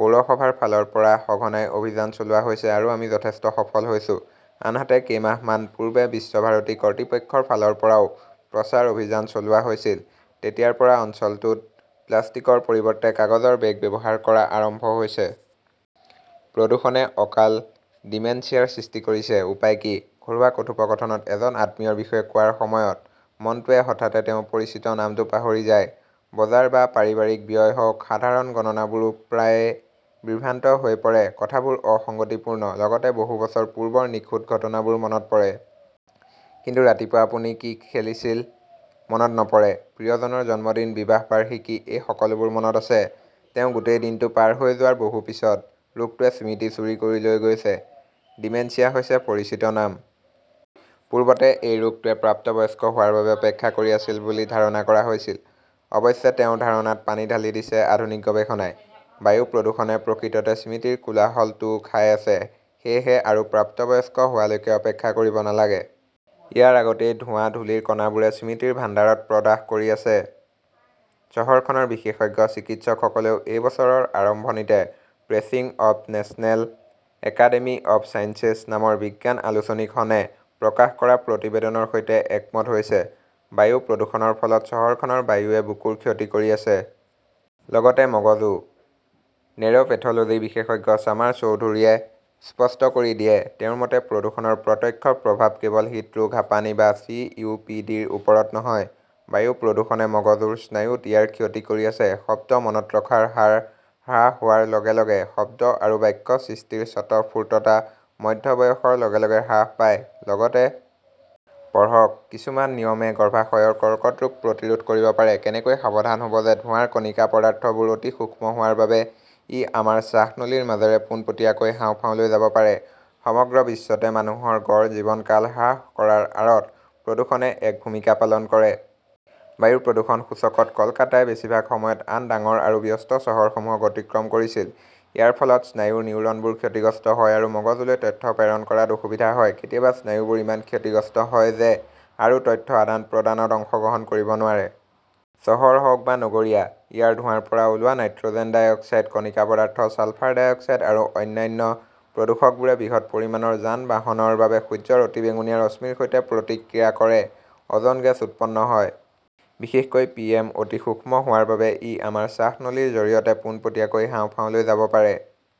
পৌৰসভাৰ ফালৰ পৰা সঘনাই অভিযান চলোৱা হৈছে আৰু আমি যথেষ্ট সফল হৈছো। আনহাতে, কেইমাহমান পূৰ্বে বিশ্বভাৰতী কৰ্তৃপক্ষৰ ফালৰ পৰাও প্ৰচাৰ অভিযান চলোৱা হৈছিল। তেতিয়াৰ পৰা অঞ্চলটোত প্লাষ্টিকৰ পৰিৱৰ্তে কাগজৰ বেগ ব্যৱহাৰ কৰা আৰম্ভ হৈছে। প্ৰদূষণে অকাল ডিমেনচিয়াৰ সৃষ্টি কৰিছে, উপায় কি? ঘৰুৱা কথোপকথনত এজন আত্মীয়ৰ বিষয়ে কোৱাৰ সময়ত মনটোৱে হঠাতে তেওঁৰ পৰিচিত নামটো পাহৰি যায়। বজাৰ বা পাৰিবাৰিক ব্যয় হওক, সাধাৰণ গণনাবোৰো প্ৰায়ে বিভ্ৰান্ত হৈ পৰে। কথাবোৰ অসঙ্গতিপূৰ্ণ, লগতে বহু বছৰ পূৰ্বৰ নিখুঁত ঘটনাবোৰ মনত পৰে। কিন্তু ৰাতিপুৱা আপুনি কি খেলিছিল মনত নপৰে। প্ৰিয়জনৰ জন্মদিন, বিবাহ বাৰ্ষিকী এই সকলোবোৰ মনত আছে তেওঁ গোটেই দিনটো পাৰ হৈ যোৱাৰ বহু পিছত। ৰোগটোৱে স্মৃতি চুৰি কৰি লৈ গৈছে। ডিমেনচিয়া হৈছে পৰিচিত নাম। পূৰ্বতে এই ৰোগটোৱে প্ৰাপ্তবয়স্ক হোৱাৰ বাবে অপেক্ষা কৰি আছিল বুলি ধাৰণা কৰা হৈছিল। অৱশ্যে, তেওঁ ধাৰণাত পানী ঢালি দিছে আধুনিক গৱেষণাই। বায়ু প্ৰদূষণে প্ৰকৃততে স্মৃতিৰ কোলাহলটোও খাই আছে। সেয়েহে আৰু প্ৰাপ্তবয়স্ক হোৱালৈকে অপেক্ষা কৰিব নালাগে। ইয়াৰ আগতেই ধোঁৱা-ধূলিৰ কণাবোৰে স্মৃতিৰ ভাণ্ডাৰত প্ৰদাহ কৰি আছে। চহৰখনৰ বিশেষজ্ঞ চিকিৎসকসকলেও এই বছৰৰ আৰম্ভণিতে Proceedings of National Academy of Sciences নামৰ বিজ্ঞান আলোচনীখনে প্ৰকাশ কৰা প্ৰতিবেদনৰ সৈতে একমত হৈছে। বায়ু প্ৰদূষণৰ ফলত চহৰখনৰ বায়ুৱে বুকুৰ ক্ষতি কৰি আছে। লগতে মগজুও। নেৰপেথলজী বিশেষজ্ঞ ছামাৰ চৌধুৰীয়ে স্পষ্ট কৰি দিয়ে। তেওঁৰ মতে, প্ৰদূষণৰ প্ৰত্যক্ষ প্ৰভাৱ কেৱল হৃদৰোগ, হাঁপানি বা চি. ও. পি. ডি. ৰ ওপৰত নহয়, বায়ু প্ৰদূষণে মগজুৰ স্নায়ুত ইয়াৰ ক্ষতি কৰি আছে। শব্দ মনত ৰখাৰ হাৰ হ্ৰাস হোৱাৰ লগে লগে, শব্দ আৰু বাক্য সৃষ্টিৰ স্বতঃস্ফূৰ্ততা মধ্য বয়সৰ লগে লগে হ্ৰাস পায়। লগতে পঢ়ক কিছুমান নিয়মে গৰ্ভাশয়ৰ কৰ্কট ৰোগ প্ৰতিৰোধ কৰিব পাৰে, কেনেকৈ সাৱধান হ'ব যে ধোঁৱাৰ কণিকা পদাৰ্থবোৰ অতি সূক্ষ্ম হোৱাৰ বাবে ই আমাৰ শ্বাসনলীৰ মাজেৰে পোনপটীয়াকৈ হাঁওফাওলৈ যাব পাৰে। সমগ্ৰ বিশ্বতে মানুহৰ গড় জীৱনকাল হ্ৰাস কৰাৰ আঁৰত প্ৰদূষণে এক ভূমিকা পালন কৰে। বায়ু প্ৰদূষণ সূচকত কলকাতাই বেছিভাগ সময়ত আন ডাঙৰ আৰু ব্যস্ত চহৰসমূহক অতিক্ৰম কৰিছিল। ইয়াৰ ফলত স্নায়ুৰ নিউৰনবোৰ ক্ষতিগ্ৰস্ত হয় আৰু মগজুলৈ তথ্য প্ৰেৰণ কৰাত অসুবিধা হয়। কেতিয়াবা স্নায়ুবোৰ ইমান ক্ষতিগ্ৰস্ত হয় যে আৰু তথ্য আদান-প্ৰদানত অংশগ্ৰহণ কৰিব নোৱাৰে। চহৰ হওঁক বা নগৰীয়া, ইয়াৰ ধোঁৱাৰ পৰা ওলোৱা নাইট্ৰ'জেন ডাই অক্সাইড, কণিকা পদাৰ্থ, ছালফাৰ ডাই অক্সাইড আৰু অন্যান্য প্ৰদূষকবোৰে বৃহৎ পৰিমাণৰ যান-বাহনৰ বাবে সূৰ্যৰ অতি বেঙুনীয়া ৰশ্মিৰ সৈতে প্ৰতিক্ৰিয়া কৰে। অজন গেছ উৎপন্ন হয়। বিশেষকৈ পিএম অতি সূক্ষ্ম হোৱাৰ বাবে ই আমাৰ শ্বাসনলীৰ জৰিয়তে পোনপটীয়াকৈ হাঁওফাওলৈ যাব পাৰে।